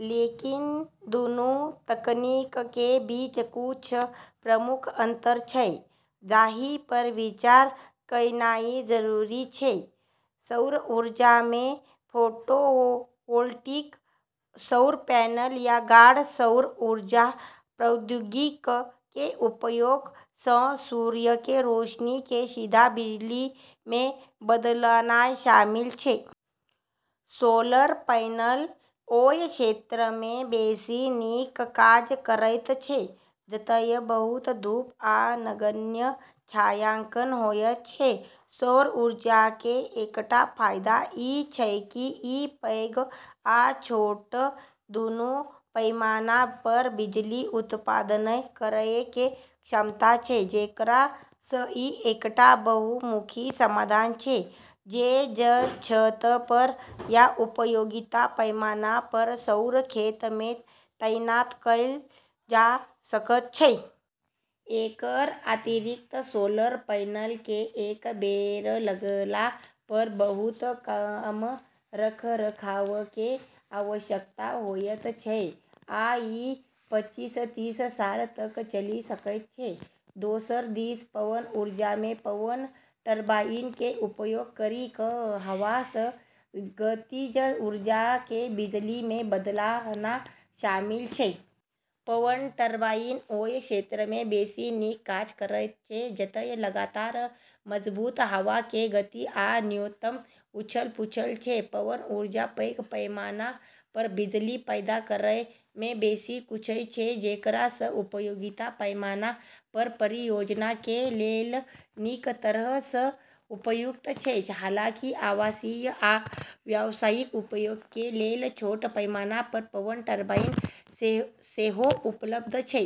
लेकिन, दूनू तकनीक के बीच कुछ प्रमुख अंतर छै जाहि पर विचार कयनाइ जरूरी छै। सौर ऊर्जा मे फोटोवोल्टिक (पीवी) सौर पैनल या गाढ़ सौर ऊर्जा प्रौद्योगिकी के उपयोग सँ सूर्य के रोशनी के सीधा बिजली मे बदलनाय शामिल छै। सोलर पैनल ओय क्षेत्र मे बेसि नीक काज करैत छै जतय बहुत धूप आ नगण्य छायांकन होयत छै। सौर ऊर्जा के एकटा फायदा ई छै की ई पैघ आ छोट दूनू पैमाना पर बिजली उत्पादन करय के क्षमता छै, जेकरा सं ई एकटा बहुमुखी समाधान छै जे छत पर या उपयोगिता पैमाना पर सौर खेत मे तैनात कैल जा सकय छै। एकर अतिरिक्त सोलर पैनल के एक बेर लगला पर बहुत कम रखरखाव के आवश्यकता होयत छै, आ ई पचीस-तीस साल तक चलि सकैत छै। दोसर दिस पवन ऊर्जा मे पवन टरबाइन के उपयोग करी कऽ हवा सँ गतिज ऊर्जा के बिजली मे बदलना शामिल छै। पवन टरबाइन ओय क्षेत्र मे बेसि नीक काज करैत छै जतय लगातार, मजबूत हवा के गति आ न्यूनतम उथल-पुथल छै। पवन ऊर्जा पैघ पैमाना पर बिजली पैदा करय मे बेसि कुशल छै, जेकरा सं उपयोगिता पैमाना पर परियोजना के लेल नीक तरह सं उपयुक्त छै, हालांकि आवासीय आ व्यावसायिक उपयोग के लेल छोट पैमाना पर पवन टरबाइन सेहो उपलब्ध छै।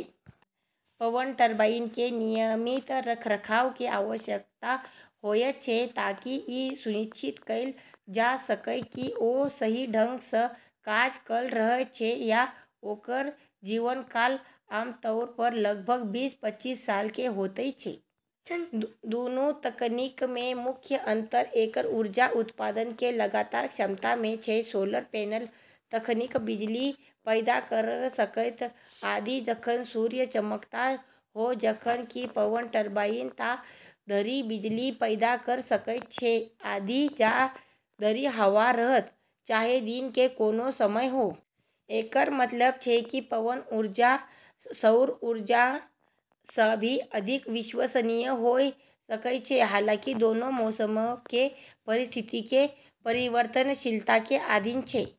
पवन टरबाइन के नियमित रखरखाव के आवश्यकता होयत छै, ताकि ई सुनिश्चित कैल जा सकय कि ओ सही ढंग सँ काज कऽ रहल छै, आ ओकर जीवन काल आमतौर पर लगभग बीस-पचीस साल के होइत छै। दूनू तकनीक मे मुख्य अंतर एकर ऊर्जा उत्पादन के लगातार क्षमता मे छै। सोलर पैनल तखनहि बिजली पैदा कऽ सकैत अछि जखन सूर्य चमकैत हो, जखन कि पवन टरबाइन ता धरि बिजली पैदा कऽ सकैत अछि जा धरि हवा रहत, चाहे दिन के कोनो समय हो। एकर मतलब छै कि पवन ऊर्जा सौर ऊर्जा सँ भी अधिक विश्वसनीय होय सकै छै, हालांकि दोनों मौसम के परिस्थिति के परिवर्तनशीलता के अधीन छै।